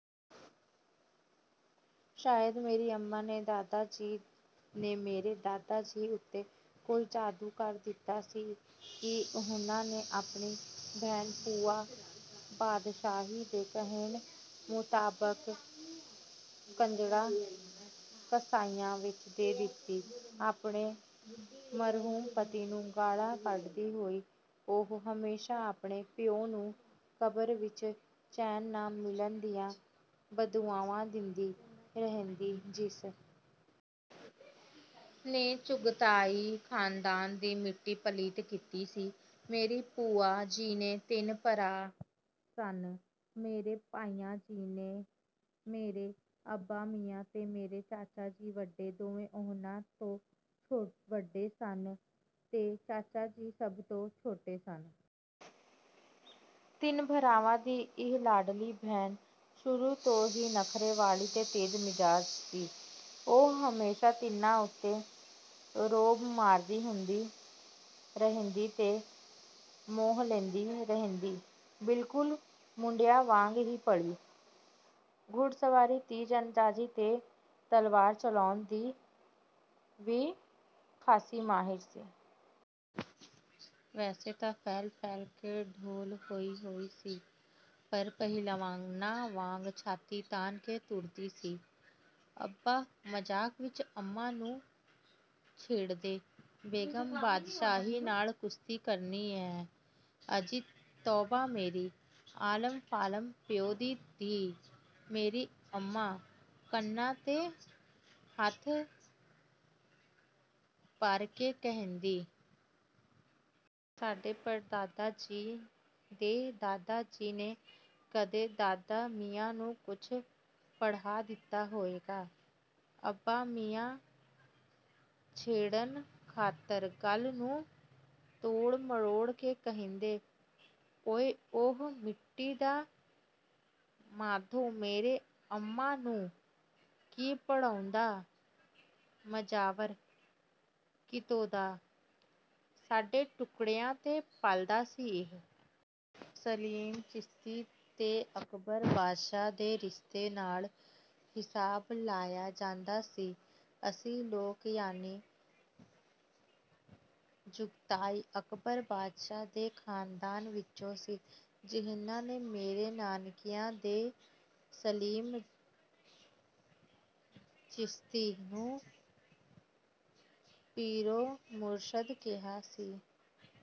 ਸ਼ਾਇਦ ਮੇਰੀ ਅੰਮਾਂ ਦੇ ਦਾਦਾ ਜੀ ਨੇ ਮੇਰੇ ਦਾਦਾ ਜੀ ਉੱਤੇ ਕੋਈ ਜਾਦੂ ਕਰ ਦਿੱਤਾ ਸੀ ਕਿ ਉਨ੍ਹਾਂ ਨੇ ਆਪਣੀ ਭੈਣ, ਭੂਆ ਬਾਦਸ਼ਾਹੀ, ਦੇ ਕਹਿਣ ਮੁਤਾਬਕ ਕੁੰਜੜਾਂ-ਕਸਾਈਆਂ ਵਿੱਚ ਦੇ ਦਿੱਤੀ। ਆਪਣੇ 'ਮਰਹੂਮ' ਪਤੀ ਨੂੰ ਗਾਲ੍ਹਾਂ ਕੱਢਦੀ ਹੋਈ ਉਹ ਹਮੇਸ਼ਾ ਆਪਣੇ ਪਿਓ ਨੂੰ ਕਬਰ ਵਿੱਚ ਚੈਨ ਨਾ ਮਿਲਣ ਦੀਆਂ ਬਦਦੁਆਵਾਂ ਦਿੰਦੀ ਰਹਿੰਦੀ। ਜਿਸ ਨੇ ਚੁਗ਼ਤਾਈ ਖ਼ਾਨਦਾਨ ਦੀ ਮਿੱਟੀ ਪਲੀਤ ਕੀਤੀ ਸੀ। ਮੇਰੀ ਭੂਆ ਜੀ ਦੇ ਤਿੰਨ ਭਰਾ ਸਨ। ਮੇਰੇ ਤਾਇਆ ਜੀ, ਮੇਰੇ ਅੱਬਾ ਮੀਆਂ ਤੇ ਮੇਰੇ ਚਾਚਾ ਜੀ, ਵੱਡੇ ਦੋਵੇਂ ਉਨ੍ਹਾਂ ਤੋਂ ਵੱਡੇ ਸਨ ਤੇ ਚਾਚਾ ਜੀ ਸਭ ਤੋਂ ਛੋਟੇ ਸਨ। ਤਿੰਨ ਭਰਾਵਾਂ ਦੀ ਇਹ ਲਾਡਲੀ ਭੈਣ ਸ਼ੁਰੂ ਤੋਂ ਹੀ ਨਖ਼ਰੇ ਵਾਲੀ ਤੇ ਤੇਜ਼ ਮਿਜ਼ਾਜ਼ ਸੀ। ਉਹ ਹਮੇਸ਼ਾ ਤਿੰਨਾਂ ਉੱਤੇ ਰੋਅਬ ਮਾਰਦੀ ਰਹਿੰਦੀ ਤੇ ਮੋਹ ਲੈਂਦੀ ਰਹਿੰਦੀ। ਬਿਲਕੁਲ ਮੁੰਡਿਆਂ ਵਾਂਗ ਹੀ ਪਲੀ, ਘੋੜਸਵਾਰੀ, ਤੀਰਅੰਦਾਜ਼ੀ ਤੇ ਤਲਵਾਰ ਚਲਾਉਣ ਦੀ ਵੀ ਖਾਸੀ ਮਾਹਿਰ ਸੀ। ਵੈਸੇ ਤਾਂ ਫੈਲ-ਫੈਲ ਕੇ ਢੋਲ ਹੋਈ ਹੋਈ ਸੀ, ਪਰ ਪਹਿਲਵਾਨਾਂ ਵਾਂਗ ਛਾਤੀ ਤਾਣ ਕੇ ਤੁਰਦੀ ਸੀ। ਅੱਬਾ ਮਜ਼ਾਕ ਵਿੱਚ ਅੰਮਾਂ ਨੂੰ ਛੇੜਦੇ, ''ਬੇਗਮ, ਬਾਦਸ਼ਾਹੀ ਨਾਲ ਕੁਸ਼ਤੀ ਕਰਨੀ ਹੈ?" ''ਅਜੀ ਤੌਬਾ ਮੇਰੀ।'' ਆਲਮ-ਫ਼ਾਲਮ ਪਿਓ ਦੀ ਧੀ, ਮੇਰੀ ਅੰਮਾਂ ਕੰਨਾਂ 'ਤੇ ਹੱਥ ਧਰ ਕੇ ਕਹਿੰਦੀ। ਸਾਡੇ ਪੜਦਾਦਾ ਜੀ ਦੇ ਦਾਦਾ ਜੀ ਨੇ ਕਦੇ ਦਾਦਾ ਮੀਆਂ ਨੂੰ ਕੁਝ ਪੜ੍ਹਾ ਦਿੱਤਾ ਹੋਵੇਗਾ। ਅੱਬਾ ਮੀਆਂ ਛੇੜਨ ਖ਼ਾਤਰ ਗੱਲ ਨੂੰ ਤੋੜ-ਮਰੋੜ ਕੇ ਕਹਿੰਦੇ। ''ਓਏ ਉਹ ਮਿੱਟੀ ਦਾ ਮਾਧੋ ਮੇਰੇ ਅੰਮਾ ਨੂੰ ਕੀ ਪੜ੍ਹਾਉਂਦਾ--ਮਜਾਵਰ ਕਿਤੋਂ ਦਾ, ਸਾਡੇ ਟੁੱਕੜਿਆਂ 'ਤੇ ਪਲਦਾ ਸੀ।"ਇਹ ਸਲੀਮ ਚਿਸ਼ਤੀ ਤੇ ਅਕਬਰ ਬਾਦਸ਼ਾਹ ਦੇ ਰਿਸ਼ਤੇ ਨਾਲ ਹਿਸਾਬ ਲਾਇਆ ਜਾਂਦਾ ਸੀ। ਅਸੀਂ ਲੋਕ ਯਾਨੀ ਚੁਗ਼ਤਾਈ, ਅਕਬਰ ਬਾਦਸ਼ਾਹ ਦੇ ਖ਼ਾਨਦਾਨ ਵਿੱਚੋਂ ਸੀ ਜਿਨ੍ਹਾਂ ਨੇ ਮੇਰੇ ਨਾਨਕਿਆਂ ਦੇ ਸਲੀਮ ਚਿਸ਼ਤੀ ਨੂੰ ਪੀਰੋ-ਮੁਰਸ਼ਦ ਕਿਹਾ ਸੀ।